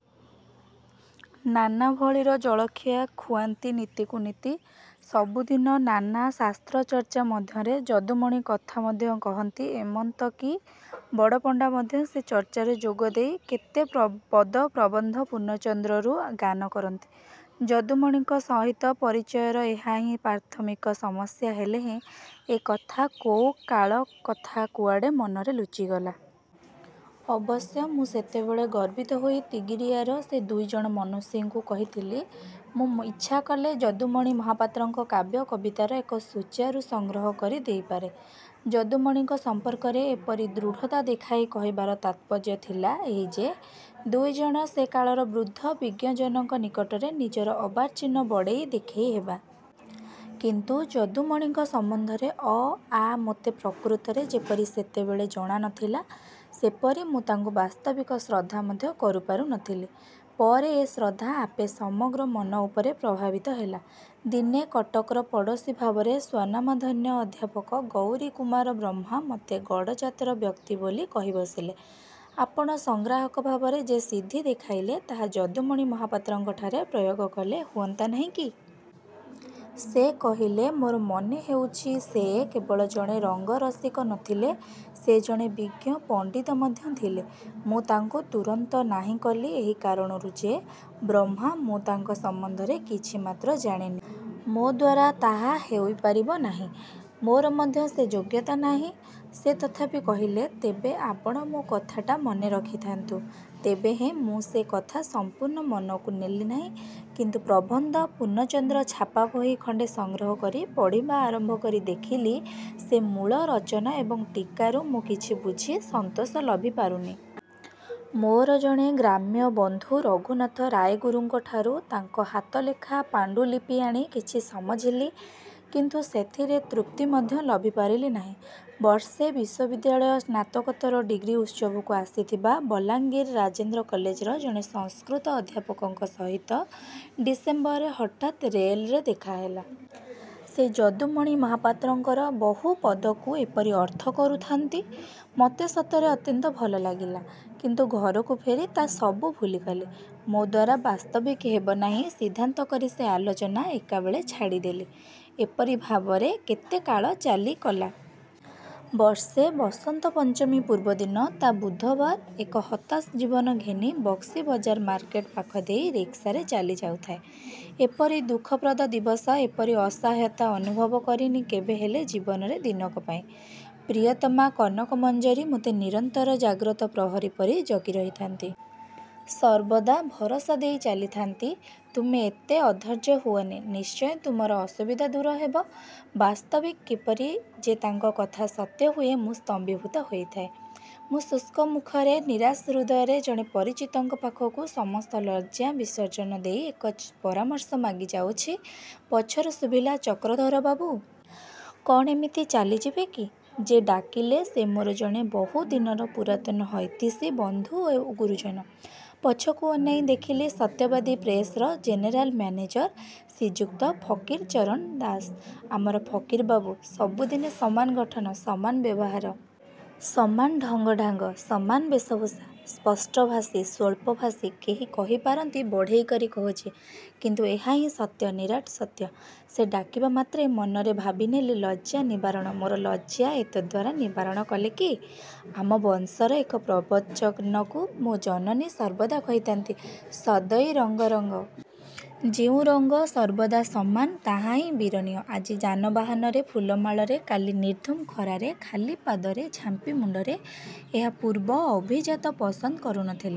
' ନାନା ଭଳିର ଜଳଖିଆ ଖୁଆନ୍ତି ନିତିକୁ ନିତି। ସବୁଦିନ ନାନା ଶାସ୍ତ୍ରଚର୍ଚ୍ଚା ମଧ୍ୟରେ ଯଦୁମଣି କଥା ମଧ୍ୟ କହନ୍ତି। ଏମନ୍ତ କି ବଡ଼ପଣ୍ଡା ମଧ୍ୟ ସେ ଚର୍ଚ୍ଚାରେ ଯୋଗଦେଇ କେତେ ପଦ ପ୍ରବନ୍ଧ ପୂର୍ଣ୍ଣଚନ୍ଦ୍ରରୁ ଗାନ କରନ୍ତି। ଯଦୁମଣିଙ୍କ ସହିତ ପରିଚୟର ଏହା ହିଁ ପ୍ରାଥମିକ ସମସ୍ୟା ହେଲେହେଁ- ଏ କଥା କୋଉ କାଳ କଥା, କୁଆଡ଼େ ମନରେ ଲୁଚିଗଲା। ଅବଶ୍ୟ ମୁଁ ସେତେବେଳେ ଗର୍ବିତ ହୋଇ ତିଗିରିଆର ସେ ଦୁଇ ଜଣ ମନସ୍ୱୀଙ୍କୁ କହିଥିଲି-ମୁଁ ଇଚ୍ଛାକଲେ ଯଦୁମଣି ମହାପାତ୍ରଙ୍କ କାବ୍ୟ କବିତାର ଏକ ସୁଚାରୁ ସଂଗ୍ରହ କରି ଦେଇପାରେ। ଯଦୁମଣିଙ୍କ ସଂପର୍କରେ ଏପରି ଦୃଢ଼ତା ଦେଖାଇ କହିବାର ତାତ୍ପର୍ଯ୍ୟ ଥିଲା ଏହି ଯେ-ଦୁଇ ଜଣ ସେ କାଳର ବୃଦ୍ଧ ବିଜ୍ଞଜନଙ୍କ ନିକଟରେ ନିଜର ଅର୍ବାଚୀନ ବଡ଼େଇ ଦେଖେଇହେବା। କିନ୍ତୁ ଯଦୁମଣିଙ୍କ ସମ୍ବନ୍ଧରେ ଅ' ଆ' ମୋତେ ପ୍ରକୃତରେ ଯେପରି ସେତେବେଳେ ଜଣା ନ ଥିଲା, ସେପରି ମୁଁ ତାଙ୍କୁ ବାସ୍ତବିକ ଶ୍ରଦ୍ଧା ମଧ୍ୟ କରିପାରୁ ନ ଥିଲି। ପରେ ଏ ଶ୍ରଦ୍ଧା ଆପେ ସମଗ୍ର ମନ ଉପରେ ପ୍ରଭାବିତ ହେଲା। ଦିନେ କଟକର ପଡ଼ୋଶୀ ଭାବରେ ସ୍ୱନାମଧନ୍ୟ ଅଧ୍ୟାପକ ଗୌରୀକୁମାର ବ୍ରହ୍ମା ମତେ ଗଡ଼ଜାତର ବ୍ୟକ୍ତି ବୋଲି କହି ବସିଲେ-'ଆପଣ ସଂଗ୍ରାହକ ଭାବରେ ଯେ ସିଦ୍ଧି ଦେଖାଇଲେ, ତାହା ଯଦୁମଣି ମହାପାତ୍ରଙ୍କଠାରେ ପ୍ରୟୋଗ କଲେ ହୁଅନ୍ତା ନାହିଁ କି? ' ସେ କହିଲେ-'ମୋର ମନେ ହେଉଛି ସେ କେବଳ ଜଣେ ରଙ୍ଗରସିକ ନ ଥିଲେ, ସେ ଜଣେ ବିଜ୍ଞ ପଣ୍ଡିତ ମଧ୍ୟ ଥିଲେ। ' ମୁଁ ତାଙ୍କୁ ତୁରନ୍ତ ନାହିଁ କଲି ଏହି କାରଣରୁ ଯେ- 'ବ୍ରହ୍ମା, ମୁଁ ତାଙ୍କ ସମ୍ବନ୍ଧରେ କିଛି ମାତ୍ର ଜାଣେନି। ମୋଦ୍ୱାରା ତାହା ହୋଇପାରିବ ନାହିଁ। ମୋର ମଧ୍ୟ ସେ ଯୋଗ୍ୟତା ନାହିଁ। ' ସେ ତଥାପି କହିଲେ-'ତେବେ ଆପଣ ମୋ କଥାଟା ମନେ ରଖିଥାନ୍ତୁ। ' ତେବେହେଁ ମୁଁ ସେ କଥା ସଂପୂର୍ଣ୍ଣ ମନକୁ ନେଲି ନାହିଁ। କିନ୍ତୁ ''ପ୍ରବନ୍ଧ ପୂର୍ଣ୍ଣଚନ୍ଦ୍ର" ଛାପା ବହି ଖଣ୍ଡେ ସଂଗ୍ରହ କରି ପଢ଼ିବା ଆରମ୍ଭ କରି ଦେଖିଲି ସେ ମୂଳ ରଚନା ଏବଂ ଟୀକାରୁ ମୁଁ କିଛି ବୁଝି ସନ୍ତୋଷ ଲଭି ପାରୁନି। ମୋର ଜଣେ ଗ୍ରାମ୍ୟ ବନ୍ଧୁ ରଘୁନାଥ ରାୟଗୁରୁଙ୍କଠାରୁ ତାଙ୍କ ହାତଲେଖା ପାଣ୍ଡୁଲିପି ଆଣି କିଛି ସମଝିଲି, କିନ୍ତୁ ସେଥିରେ ତୃପ୍ତି ମଧ୍ୟ ଲଭିପାରିଲି ନାହିଁ। ବର୍ଷେ ବିଶ୍ୱବିଦ୍ୟାଳୟ ସ୍ନାତକୋତ୍ତର ଡ଼ିଗ୍ରୀ ଉତ୍ସବକୁ ଆସିଥିବା ବଲାଙ୍ଗିର ରାଜେନ୍ଦ୍ର କଲେଜର ଜଣେ ସଂସ୍କୃତ ଅଧ୍ୟାପକଙ୍କ ସହିତ ଡିସେମ୍ବର ରେ ହଠାତ୍ ରେଲରେ ଦେଖାହେଲା। ସେ ଯଦୁମଣି ମହାପାତ୍ରଙ୍କର ବହୁ ପଦକୁ ଏପରି ଅର୍ଥ କରୁଥାନ୍ତି, ମତେ ସତରେ ଅତ୍ୟନ୍ତ ଭଲ ଲାଗିଲା-। କିନ୍ତୁ ଘରକୁ ଫେରି ତା' ସବୁ ଭୁଲିଗଲି। ମୋଦ୍ୱାରା ବାସ୍ତବିକ୍ ହେବ ନାହିଁ ସିଦ୍ଧାନ୍ତ କରି ସେ ଆଲୋଚନା ଏକାବେଳେ ଛାଡିଦେଲି। ଏପରି ଭାବରେ କେତେକାଳ ଚାଲିକଲା। ବର୍ଷେ ବସନ୍ତ ପଞ୍ଚମୀ ପୂର୍ବଦିନ ତା −− ବୁଧବାର ଏକ ହତାଶ ଜୀବନ ଘେନି ବକ୍ସିବଜାର ମାର୍କେଟ ପାଖ ଦେଇ ରିକ୍ସାରେ ଚାଲିଯାଉଥାଏ। ଏପରି ଦୁଃଖପ୍ରଦ ଦିବସ, ଏପରି ଅସହାୟତା ଅନୁଭବ କରିନି କେବେହେଲେ ଜୀବନରେ ଦିନକ ପାଇଁ। ପ୍ରିୟତମା କନକ ମଞ୍ଜରୀ ମୋତେ ନିରନ୍ତର ଜାଗ୍ରତ ପ୍ରହରୀ ପରି ଜଗି ରହିଥାନ୍ତି। ସର୍ବଦା ଭରସା ଦେଇ ଚାଲିଥାନ୍ତି-'ତୁମେ ଏତେ ଅଧୈର୍ଯ୍ୟ ହୁଅନି, ନିଶ୍ଚୟ ତୁମର ଅସୁବିଧା ଦୂର ହେବ। ' ବାସ୍ତବିକ କିପରି ଯେ ତାଙ୍କ କଥା ସତ୍ୟ ହୁଏ, ମୁଁ ସ୍ତମ୍ଭୀଭୁତ ହୋଇଥାଏ। ମୁଁ ଶୁଷ୍କ ମୁଖରେ ନିରାଶ ହୃଦୟରେ ଜଣେ ପରିଚିତଙ୍କ ପାଖକୁ ସମସ୍ତ ଲଜ୍ଜା ବିସର୍ଜନ ଦେଇ ଏକ ପରାମର୍ଶ ମାଗି ଯାଉଛି, ପଛରୁ ଶୁଭିଲା- 'ଚକ୍ରଧର ବାବୁ। କ'ଣ ଏମିତି ଚାଲିଯିବେ କି? ' -ଯେ ଡାକିଲେ ସେ ମୋର ଜଣେ ବହୁଦିନର ପୁରାତନ ହିତୈଷୀ ବନ୍ଧୁ ଓ ଗୁରୁଜନ। ପଛକୁ ଅନାଇଁ ଦେଖିଲି ସତ୍ୟବାଦୀ ପ୍ରେସର ଜେନେରାଲ ମ୍ୟାନେଜର ଶ୍ରୀଯୁକ୍ତ ଫକୀରଚରଣ ଦାସ। ଆମର ଫକୀର ବାବୁ। ସବୁଦିନେ ସମାନ ଗଠନ। ସମାନ ବ୍ୟବହାର। ସମାନ ଢଙ୍ଗଢ଼ାଙ୍ଗ। ସମାନ ବେଶଭୂଷା। ସ୍ପଷ୍ଟଭାଷୀ। ସ୍ୱଳ୍ପଭାଷୀ। କେହି କହିପାରନ୍ତି ବଢ଼େଇ କରି କହୁଛି। କିନ୍ତୁ ଏହା ହିଁ ସତ୍ୟ-ନିରାଟ ସତ୍ୟ। ସେ ଡାକିବା ମାତ୍ରେ ମନରେ ଭାବିନେଲି 'ଲଜ୍ଜା−ନିବାରଣ' ମୋର ଲଜ୍ଜା ଏତଦ୍ଦ୍ୱାରା ନିବାରଣ କଲେ କି-? ଆମ ବଂଶର ଏକ ପ୍ରବଚନକୁ ମୋ ଜନନୀ ସର୍ବଦା କହିଥାନ୍ତି-'ସଦୈ ରଙ୍ଗ ରଙ୍ଗ। ' ଯେଉଁ ରଙ୍ଗ ସର୍ବଦା ସମାନ ତାହା ହିଁ ବିରଣୀୟ। ଆଜି ଯାନବାହନରେ ଫୁଲମାଳରେ, କାଲି ନିର୍ଧୂମ ଖରାରେ ଖାଲି ପାଦରେ ଝାମ୍ପି ମୁଣ୍ଡରେ, ଏହା ପୂର୍ବ ଅଭିଜାତ ପସନ୍ଦ କରୁ ନ ଥିଲେ।